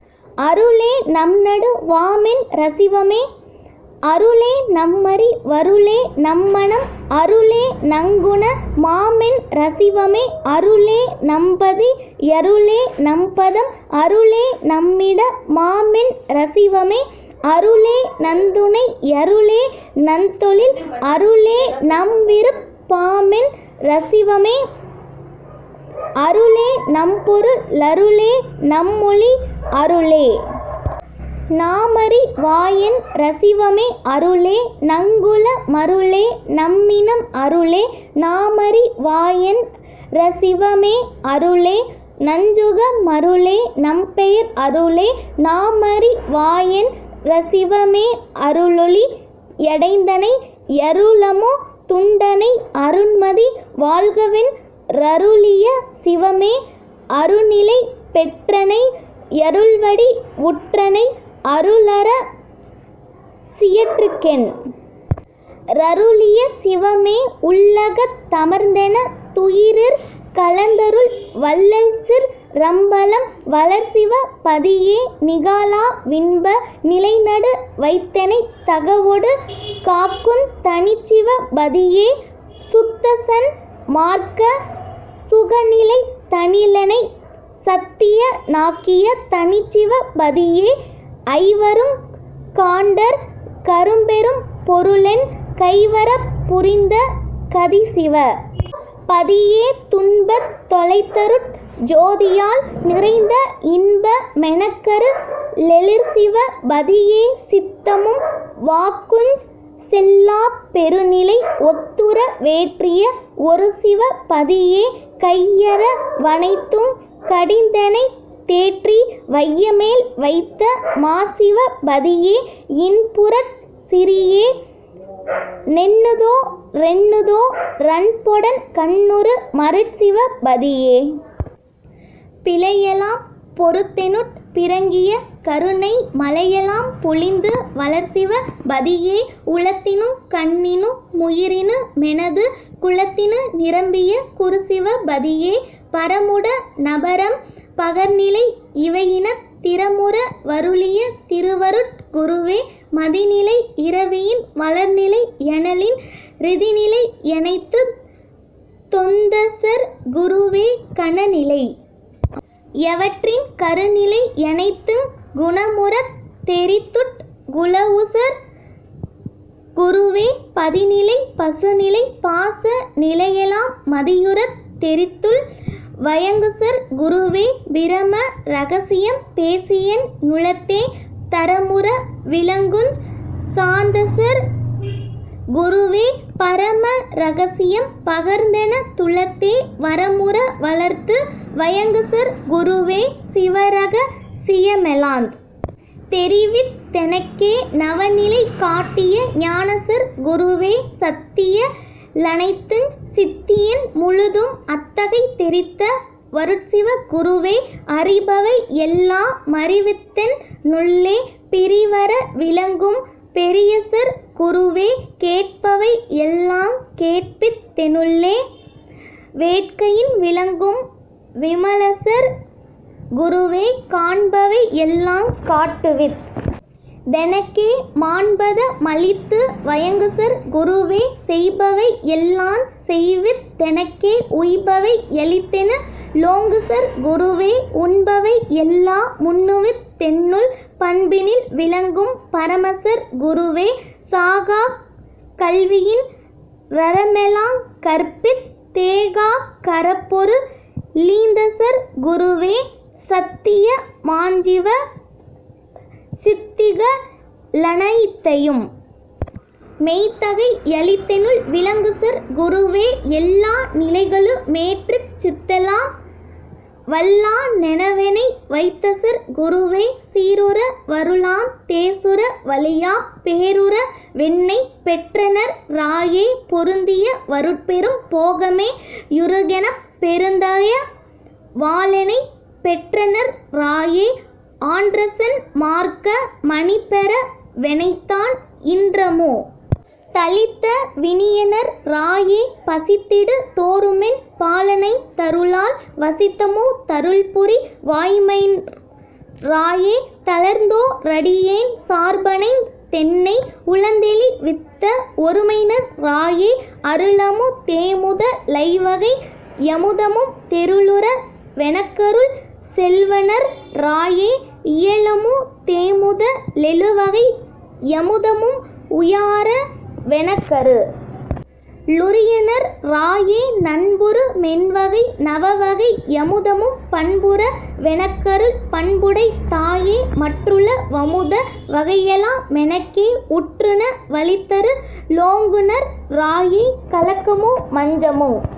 அருளே நம்நடு வாமென் றசிவமே அருளே நம்மறி வருளே நம்மனம் அருளே நங்குண மாமென் றசிவமே அருளே நம்பதி யருளே நம்பதம் அருளே நம்மிட மாமென் றசிவமே அருளே நந்துணை யருளே நந்தொழில் அருளே நம்விருப் பாமென் றசிவமே அருளே நம்பொரு ளருளே நம்மொளி அருளே நாமறி வாயென் றசிவமே அருளே நங்குல மருளே நம்மினம் அருளே நாமறி வாயென் றசிவமே அருளே நஞ்சுக மருளே நம்பெயர் அருளே நாமறி வாயென் றசிவமே அருளொளி யடைந்தனை யருளமு துண்டனை அருண்மதி வாழ்கவென் றருளிய சிவமே அருணிலை பெற்றனை யருள்வடி வுற்றனை அருளர சியற்றுகென் றருளிய சிவமே உள்ளகத் தமர்ந்தென துயிரிற் கலந்தருள் வள்ளல்சிற் றம்பலம் வளர்சிவ பதியே நிகாலா வின்ப நிலைநடு வைத்தெனைத் தகவொடு காக்குந் தனிச்சிவ பதியே சுத்தசன் மார்க்க சுகநிலை தனிலெனைத் சத்திய னாக்கிய தனிச்சிவ பதியே ஐவருங் காண்டற் கரும்பெரும் பொருளென் கைவரப் புரிந்த கதிசிவ பதியே துன்பந் தொலைத்தருட் ஜோதியால் நிறைந்த இன்ப மெனக்கரு ளெழிற்சிவ பதியே சித்தமும் வாக்குஞ் செல்லாப் பெருநிலை ஒத்துற வேற்றிய வொருசிவ பதியே கையற வனைத்துங் கடிந்தெனைத் தேற்றி வையமேல் வைத்த மாசிவ பதியே இன்புறச் சிறியே னெண்ணுதோ றெண்ணுதோ றன்பொடன் கண்ணுறு மருட்சிவ பதியே பிழையெலாம் பொறுத்தெனுட் பிறங்கிய கருணை மழையெலாம் பொழிந்து வளர்சிவ பதியே உளத்தினுங் கண்ணினு முயிரினு மெனது குளத்தினு நிரம்பிய குருசிவ பதியே பரமுட னபரம் பகர்நிலை யிவையினத் திரமுற வருளிய திருவருட் குருவே மதிநிலை யிரவியின் வளர்நிலை யனலின் றிதிநிலை யனைத்துந் தொந்தசற் குருவே கணநிலை யவற்றின் கருநிலை யனைத்துங் குணமுறத் தெரித்துட் குலவுசற் குருவே பதிநிலை பசுநிலை பாச நிலையெலாம் மதியுறத் தெரித்துள் வயங்குசற் குருவே பிரம ரகசியம் பேசியென் னுளத்தே தரமுற விளங்குஞ் சாந்தசற் குருவே பரம ரகசியம் பகர்ந்தென துளத்தே வரமுற வளர்த்து வயங்குசற் குருவே சிவரக சியமெலாந் தெரிவித் தெனக்கே நவநிலை காட்டிய ஞானசற் குருவே சத்திய லனைத்துஞ் சித்தியன் முழுதும் அத்தகை தெரித்த வருட்சிவ குருவே அறிபவை யெல்லா மறிவித்தென் னுள்ளே பிறிவற விளங்கும் பெரியசற் குருவே கேட்பவை யெல்லாங் கேட்பித் தெனுள்ளே வேட்கையின் விளங்கும் விமலசற் குருவே காண்பவை யெல்லாங் காட்டுவித் தெனக்கே மாண்பத மளித்து வயங்குசற் குருவே செய்பவை யெல்லாஞ் செய்வித் தெனக்கே உய்பவை யளித்தெனு ளோங்குசற் குருவே உண்பவை யெல்லா முண்ணுவித் தென்னுள் பண்பினில் விளங்கும் பரமசற் குருவே சாகாக் கல்வியின் றரமெலாங் கற்பித் தேகாக் கரப்பொரு ளீந்தசற் குருவே சத்திய மாஞ்சிவ சித்திக ளனைத்தையும் மெய்த்தகை யளித்தெனுள் விளங்குசற் குருவே எல்லா நிலைகளு மேற்றிச் சித்தெலாம் வல்லா னெனவெனை வைத்தசற் குருவே சீருற வருளாந் தேசுற வழியாப் பேருற வென்னைப் பெற்றநற் றாயே பொருந்திய வருட்பெரும் போகமே யுறுகெனப் பெருந்தய வாலெனைப் பெற்றநற் றாயே ஆன்றசன் மார்க்க மணிபெற வெனைத்தான் இன்றமு தளித்த வினியநற் றாயே பசித்திடு தோறுமென் பாலணைந் தருளால் வசித்தமு தருள்புரி வாய்மைந்ற் றாயே தளர்ந்தோ றடியேன் சார்பணைந் தென்னை உளந்தெளி வித்த வொருமைநற் றாயே அருளமு தேமுத லைவகை யமுதமும் தெருளுற வெனக்கருள் செல்வநற் றாயே இயலமு தேமுத லெழுவகை யமுதமும் உயாற வெனக்கரு ளுரியநற் றாயே நண்புறு மெண்வகை நவவகை யமுதமும் பண்புற வெனக்கருள் பண்புடைத் தாயே மற்றுள வமுத வகையெலா மெனக்கே உற்றுண வளித்தரு ளோங்குநற் றாயே கலக்கமு மச்சமுங்